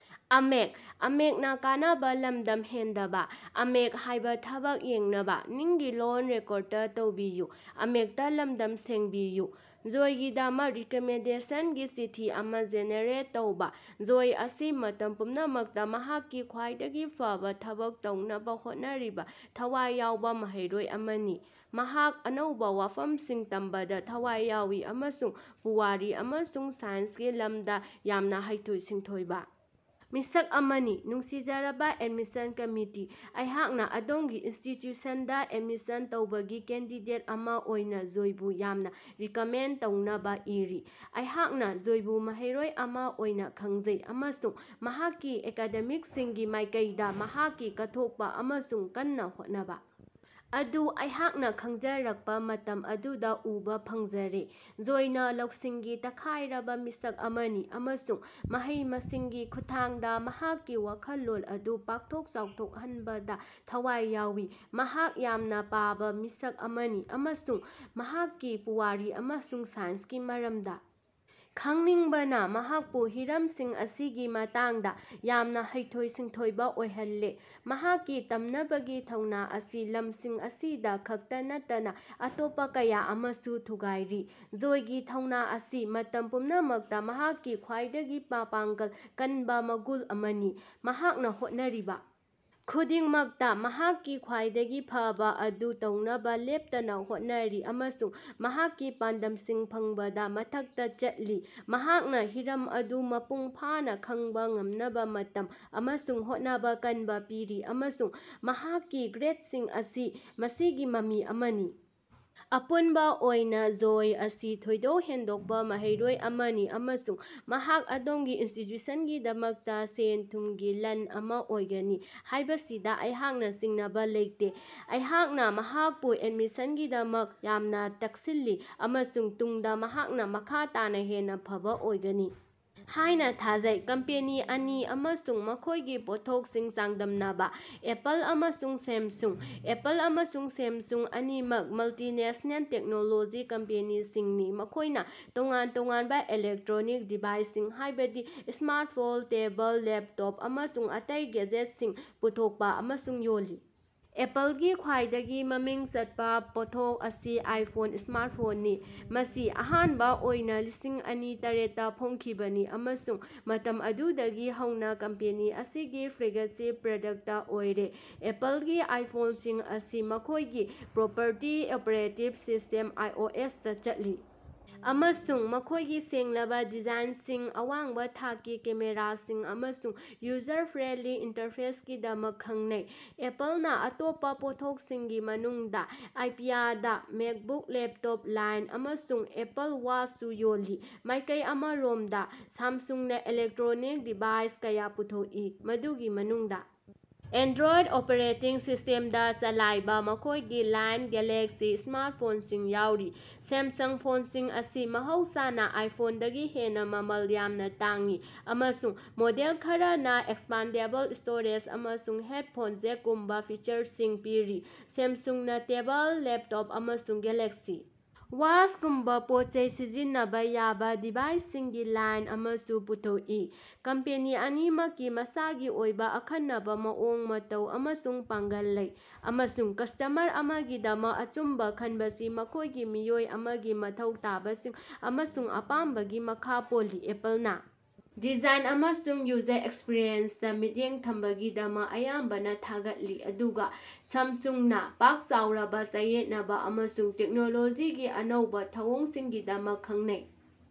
ꯖꯣꯏꯒꯤꯗꯃꯛ ꯔꯤꯀꯃꯦꯟꯗꯦꯁꯟꯒꯤ ꯆꯤꯊꯤ ꯑꯃ ꯖꯦꯅꯦꯔꯦꯠ ꯇꯧꯕ꯫ ꯖꯣꯏ ꯑꯁꯤ ꯃꯇꯝ ꯄꯨꯝꯅꯃꯛꯇ ꯃꯍꯥꯛꯀꯤ ꯈ꯭ꯋꯥꯏꯗꯒꯤ ꯐꯕꯥ ꯊꯕꯛ ꯇꯧꯅꯕ ꯍꯣꯠꯅꯔꯤꯕꯥ ꯊꯋꯥꯏ ꯌꯥꯎꯕ‌ ꯃꯍꯩꯔꯣꯏ ꯑꯃꯅꯤ꯫ ꯃꯍꯥꯛ ꯑꯅꯧꯕ ꯋꯥꯐꯝꯁꯤꯡ ꯇꯝꯕꯗ ꯊꯋꯥꯏ ꯌꯥꯎꯏ ꯑꯃꯁꯨꯡ ꯄꯨꯋꯥꯔꯤ ꯑꯃꯁꯨꯡ ꯁꯥꯏꯟꯁꯀꯤ ꯂꯝꯗ ꯌꯥꯝꯅ ꯍꯩꯊꯣꯏ-ꯁꯤꯡꯊꯣꯏꯕ ꯃꯤꯁꯛ ꯑꯃꯅꯤ꯫ ꯅꯨꯡꯁꯤꯖꯔꯕꯥ ꯑꯦꯗꯃꯤꯁꯟ ꯀꯝꯃꯤꯇꯤ, ꯑꯩꯍꯥꯛꯅ ꯑꯗꯣꯝꯒꯤ ꯏꯟꯁꯇꯤꯇ꯭ꯌꯨꯁꯟꯗ ꯑꯦꯗꯃꯤꯁꯟ ꯇꯧꯕꯒꯤ ꯀꯦꯟꯗꯤꯗꯦꯠ ꯑꯃ ꯑꯣꯏꯅ ꯖꯣꯏꯕꯨ ꯌꯥꯝꯅꯥ ꯔꯤꯀꯃꯦꯟꯗ ꯇꯧꯅꯕꯥ ꯏꯔꯤ꯫ ꯑꯩꯍꯥꯛꯅ ꯖꯣꯏꯕꯨ ꯃꯍꯩꯔꯣꯏ ꯑꯃ ꯑꯣꯏꯅ ꯈꯪꯖꯩ ꯑꯃꯁꯨꯡ ꯃꯍꯥꯛꯀꯤ ꯑꯦꯀꯥꯗꯦꯃꯤꯛꯁꯤꯡꯒꯤ ꯃꯥꯏꯀꯩꯗ ꯃꯍꯥꯛꯀꯤ ꯀꯠꯊꯣꯛꯄ ꯑꯃꯁꯨꯡ ꯀꯟꯅ ꯍꯣꯠꯅꯕ ꯑꯗꯨ ꯑꯩꯍꯥꯛꯅ ꯈꯪꯖꯔꯛꯄ ꯃꯇꯝ ꯑꯗꯨꯗ ꯎꯕꯥ ꯐꯪꯖꯔꯦ꯫ ꯖꯣꯏꯅ ꯂꯧꯁꯤꯡꯒꯤ ꯇꯛꯈꯥꯏꯔꯕꯥ ꯃꯤꯁꯛ ꯑꯃꯅꯤ ꯑꯃꯁꯨꯡ ꯃꯍꯩ-ꯃꯁꯤꯡꯒꯤ ꯈꯨꯠꯊꯥꯡꯗ ꯃꯍꯥꯛꯀꯤ ꯋꯥꯈꯜꯂꯣꯟ ꯑꯗꯨ ꯄꯥꯛꯊꯣꯛ ꯆꯥꯎꯊꯣꯛꯍꯟꯕꯗ ꯊꯋꯥꯏ ꯌꯥꯎꯏ꯫ ꯃꯍꯥꯛ ꯌꯥꯝꯅ ꯄꯥꯕ ꯃꯤꯁꯛ ꯑꯃꯅꯤ ꯑꯃꯁꯨꯡ ꯃꯍꯥꯛꯀꯤ ꯄꯨꯋꯥꯔꯤ ꯑꯃꯁꯨꯡ ꯁꯥꯏꯟꯁꯀꯤ ꯃꯔꯝꯗ ꯈꯪꯅꯤꯡꯕꯅ ꯃꯍꯥꯛꯄꯨ ꯍꯤꯔꯝꯁꯤꯡ ꯑꯁꯤꯒꯤ ꯃꯇꯥꯡꯗ ꯌꯥꯝꯅ ꯍꯩꯊꯣꯏ-ꯁꯤꯡꯊꯣꯏꯕ ꯑꯣꯏꯍꯜꯂꯦ꯫ ꯃꯍꯥꯛꯀꯤ ꯇꯝꯅꯕꯒꯤ ꯊꯧꯅ ꯑꯁꯤ ꯂꯝꯁꯤꯡ ꯑꯁꯤꯗ ꯈꯛꯇ ꯅꯠꯇꯅꯥ ꯑꯇꯣꯞꯄ ꯀꯌꯥ ꯑꯃꯁꯨ ꯊꯨꯒꯥꯏꯔꯤ꯫ ꯖꯣꯏꯒꯤ ꯊꯧꯅ ꯑꯁꯤ ꯃꯇꯝ ꯄꯨꯝꯅꯃꯛꯇ ꯃꯍꯥꯛꯀꯤ ꯈ꯭ꯋꯥꯏꯗꯒꯤ ꯃꯄꯥꯡꯒꯜ ꯀꯟꯕꯥ ꯃꯒꯨꯟ ꯑꯃꯅꯤ꯫ ꯃꯍꯥꯛꯅ ꯍꯣꯠꯅꯔꯤꯕ ꯈꯨꯗꯤꯡꯃꯛꯇ ꯃꯍꯥꯛꯀꯤ ꯈ꯭ꯋꯥꯏꯗꯒꯤ ꯐꯕꯥ ꯑꯗꯨ ꯇꯧꯅꯕ ꯂꯦꯞꯇꯅ ꯍꯣꯠꯅꯔꯤ ꯑꯃꯁꯨꯡ ꯃꯍꯥꯛꯀꯤ ꯄꯥꯟꯗꯝꯁꯤꯡ ꯐꯪꯕꯗꯥ ꯃꯊꯛꯇ ꯆꯠꯂꯤ꯫ ꯃꯍꯥꯛꯅ ꯍꯤꯔꯝ ꯑꯗꯨ ꯃꯄꯨꯡ ꯐꯥꯅ ꯈꯪꯕ ꯉꯝꯅꯕꯥ ꯃꯇꯝ ꯑꯃꯁꯨꯡ ꯍꯣꯠꯅꯕ ꯀꯟꯕ ꯄꯤꯔꯤ ꯑꯃꯁꯨꯡ ꯃꯍꯥꯛꯀꯤ ꯒ꯭ꯔꯦꯗꯁꯤꯡ ꯑꯁꯤ ꯃꯁꯤꯒꯤ ꯃꯃꯤ ꯑꯃꯅꯤ꯫ ꯑꯄꯨꯟꯕ ꯑꯣꯏꯅ ꯖꯣꯏ ꯑꯁꯤ ꯊꯣꯏꯗꯣꯛ ꯍꯦꯟꯗꯣꯛꯄ ꯃꯍꯩꯔꯣꯏ ꯑꯃꯅꯤ ꯑꯃꯁꯨꯡ ꯃꯍꯥꯛ ꯑꯗꯣꯝꯒꯤ ꯏꯟꯁꯇꯤꯇ꯭ꯌꯨꯁꯟꯒꯤꯗꯃꯛꯇ ꯁꯦꯜ-ꯊꯨꯝꯒꯤ ꯂꯟ ꯑꯃ ꯑꯣꯏꯒꯅꯤ ꯍꯥꯏꯕꯁꯤꯗꯥ ꯑꯩꯍꯥꯛꯅ ꯆꯤꯡꯅꯕꯥ ꯂꯩꯇꯦ꯫ ꯑꯩꯍꯥꯛꯅ ꯃꯍꯥꯛꯄꯨ ꯑꯦꯗꯃꯤꯁꯟꯒꯤꯗꯃꯛ ꯌꯥꯝꯅ ꯇꯛꯁꯤꯜꯂꯤ ꯑꯃꯁꯨꯡ ꯇꯨꯡꯗ ꯃꯍꯥꯛꯅ ꯃꯈꯥ ꯇꯥꯅ ꯍꯦꯟꯅ ꯐꯕꯥ ꯑꯣꯏꯒꯅꯤ ꯍꯥꯏꯅ ꯊꯥꯖꯩ꯫ ꯀꯝꯄꯦꯅꯤ ꯑꯅꯤ ꯑꯃꯁꯨꯡ ꯃꯈꯣꯏꯒꯤ ꯄꯣꯠꯊꯣꯛꯁꯤꯡ ꯆꯥꯡꯗꯝꯅꯕꯥ꯫ ꯑꯦꯄꯜ ꯑꯃꯁꯨꯡ ꯁꯦꯝꯁꯨꯡ꯫ ꯑꯦꯄꯜ ꯑꯃꯁꯨꯡ ꯁꯦꯝꯁꯨꯡ ꯑꯅꯤꯃꯛ ꯃꯜꯇꯤꯅꯦꯁꯅꯦꯜ ꯇꯦꯛꯅꯣꯂꯣꯖꯤ ꯀꯝꯄꯦꯅꯤꯁꯤꯡꯅꯤ ꯃꯈꯣꯏꯅ ꯇꯣꯉꯥꯟ ꯇꯣꯉꯥꯟꯕ ꯏꯂꯦꯛꯇ꯭ꯔꯣꯅꯤꯛ ꯗꯤꯚꯥꯏꯁꯁꯤꯡ ꯍꯥꯏꯕꯗꯤ ꯁ꯭ꯃꯥꯔꯠꯐꯣꯟ, ꯇꯦꯕꯜ, ꯂꯦꯞꯇꯣꯞ, ꯑꯃꯁꯨꯡ ꯑꯇꯩ ꯒꯥꯖꯦꯠꯁꯤꯡ ꯄꯨꯊꯣꯛꯄ ꯑꯃꯁꯨꯡ ꯌꯣꯜꯂꯤ꯫ ꯑꯦꯄꯜꯒꯤ ꯈ꯭ꯋꯥꯏꯗꯒꯤ ꯃꯃꯤꯡ ꯆꯠꯄ ꯄꯣꯠꯊꯣꯛ ꯑꯁꯤ ꯑꯥꯏꯐꯣꯟ ꯁ꯭ꯃꯥꯔꯠꯐꯣꯟꯅꯤ, ꯃꯁꯤ ꯑꯍꯥꯟꯕ ꯑꯣꯏꯅ ꯂꯤꯁꯤꯡ ꯑꯅꯤ ꯇꯔꯦꯠꯇꯥ ꯐꯣꯡꯈꯤꯕꯅꯤ ꯑꯃꯁꯨꯡ ꯃꯇꯝ ꯑꯗꯨꯗꯒꯤ ꯍꯧꯅ ꯀꯝꯄꯦꯅꯤ ꯑꯁꯤꯒꯤ ꯐ꯭ꯂꯦꯒꯁꯤꯞ ꯄ꯭ꯔꯗꯛꯇ ꯑꯣꯏꯔꯦ꯫ ꯑꯦꯄꯜꯒꯤ ꯑꯥꯏꯐꯣꯟꯁꯤꯡ ꯑꯁꯤ ꯃꯈꯣꯏꯒꯤ ꯄ꯭ꯔꯣꯄꯔꯇꯤ ꯑꯣꯄ꯭ꯔꯦꯇꯤꯡ ꯁꯤꯁꯇꯦꯝ, ꯑꯥꯏꯑꯣꯑꯦꯁꯇꯥ ꯆꯠꯂꯤ ꯑꯃꯁꯨꯡ ꯃꯈꯣꯏꯒꯤ ꯁꯦꯡꯂꯕꯥ ꯗꯤꯖꯥꯏꯟꯁꯤꯡ, ꯑꯋꯥꯡꯕ ꯊꯥꯛꯀꯤ ꯀꯦꯃꯦꯔꯥꯁꯤꯡ ꯑꯃꯁꯨꯡ ꯌꯨꯖꯔ ꯐ꯭ꯔꯦꯟꯗꯂꯤ ꯏꯟꯇꯔꯐꯦꯁꯀꯤꯗꯃꯛ ꯈꯪꯅꯩ꯫ ꯑꯦꯄꯜꯅ ꯑꯇꯣꯞꯄ ꯄꯣꯠꯊꯣꯛꯁꯤꯡꯒꯤ ꯃꯅꯨꯡꯗ ꯑꯥꯏꯄ꯭ꯌꯥꯗ, ꯃꯦꯛꯕꯨꯛ ꯂꯦꯞꯇꯣꯞ ꯂꯥꯏꯟ, ꯑꯃꯁꯨꯡ ꯑꯦꯄꯜ ꯋꯥꯆꯁꯨ ꯌꯣꯜꯂꯤ꯫ ꯃꯥꯏꯀꯩ ꯑꯃꯔꯣꯝꯗ ꯁꯥꯝꯁꯨꯡꯅ ꯏꯂꯦꯛꯇ꯭ꯔꯣꯅꯤꯛ ꯗꯤꯚꯥꯏꯁ ꯀꯌꯥ ꯄꯨꯊꯣꯛꯏ, ꯃꯗꯨꯒꯤ ꯃꯅꯨꯡꯗ ꯑꯦꯟꯗ꯭ꯔꯣꯏꯗ ꯑꯣꯄ꯭ꯔꯦꯇꯤꯡ ꯁꯤꯁꯇꯦꯝꯗ ꯆꯂꯥꯏꯕ ꯃꯈꯣꯏꯒꯤ ꯂꯥꯏꯟ ꯒꯦꯂꯥꯛꯁꯤ ꯁ꯭ꯃꯥꯔꯠꯐꯣꯟꯁꯤꯡ ꯌꯥꯎꯔꯤ꯫ ꯁꯦꯝꯁꯥꯡ ꯐꯣꯟꯁꯤꯡ ꯑꯁꯤ ꯃꯍꯧꯁꯥꯅ ꯑꯥꯏꯐꯣꯟꯗꯒꯤ ꯍꯦꯟꯅ ꯃꯃꯜ ꯌꯥꯝꯅ ꯇꯥꯡꯏ, ꯑꯃꯁꯨꯡ ꯃꯣꯗꯦꯜ ꯈꯔꯅꯥ ꯑꯦꯛꯁꯄꯥꯟꯗꯦꯕꯜ ꯁ꯭ꯇꯣꯔꯦꯖ ꯑꯃꯁꯨꯡ ꯍꯦꯗꯐꯣꯟ ꯖꯦꯛꯒꯨꯝꯕ ꯐꯤꯆꯔꯁꯤꯡ ꯄꯤꯔꯤ꯫ ꯁꯦꯝꯁꯨꯡꯅ ꯇꯦꯕꯜ, ꯂꯦꯞꯇꯣꯞ, ꯑꯃꯁꯨꯡ ꯒꯦꯂꯥꯛꯁꯤ ꯋꯥꯆꯒꯨꯝꯕꯥ ꯄꯣꯠꯆꯩ ꯁꯤꯖꯤꯟꯅꯕꯥ ꯌꯥꯕ ꯗꯤꯚꯥꯏꯁꯁꯤꯡꯒꯤ ꯂꯥꯏꯟ ꯑꯃꯁꯨ ꯄꯨꯊꯣꯛꯏ꯫ ꯀꯝꯄꯦꯅꯤ ꯑꯅꯤꯃꯛꯀꯤ ꯃꯁꯥꯒꯤ ꯑꯣꯏꯕ ꯑꯈꯟꯅꯕꯥ ꯃꯑꯣꯡ ꯃꯇꯧ ꯑꯃꯁꯨꯡ ꯄꯥꯡꯒꯜ ꯂꯩ, ꯑꯃꯁꯨꯡ ꯀꯁ꯭ꯇꯃꯔ ꯑꯃꯒꯤꯗꯃꯛ ꯑꯆꯨꯝꯕ ꯈꯟꯕꯁꯤ ꯃꯈꯣꯏꯒꯤ ꯃꯤꯑꯣꯏ ꯑꯃꯒꯤ ꯃꯊꯧ ꯇꯥꯕꯁꯤꯡ ꯑꯃꯁꯨꯡ ꯑꯄꯥꯝꯕꯒꯤ ꯃꯈꯥ ꯄꯣꯜꯂꯤ꯫ ꯑꯦꯄꯜꯅ ꯗꯤꯖꯥꯏꯟ ꯑꯃꯁꯨꯡ ꯌꯨꯖꯔ ꯑꯦꯛꯁꯄꯤꯔꯤꯑꯦꯟꯁꯇꯥ ꯃꯤꯠꯌꯦꯡ ꯊꯝꯕꯒꯤꯗꯃꯛ ꯑꯌꯥꯝꯕꯅꯥ ꯊꯥꯒꯠꯂꯤ, ꯑꯗꯨꯒ ꯁꯦꯝꯁꯨꯡꯅ ꯄꯥꯛ ꯆꯥꯎꯔꯕꯥ ꯆꯌꯦꯠꯅꯕꯥ ꯑꯃꯁꯨꯡ ꯇꯦꯛꯅꯣꯂꯣꯖꯤꯒꯤ ꯑꯅꯧꯕ ꯊꯧꯑꯣꯡꯁꯤꯡꯒꯤꯗꯃꯛ ꯈꯪꯅꯩ꯫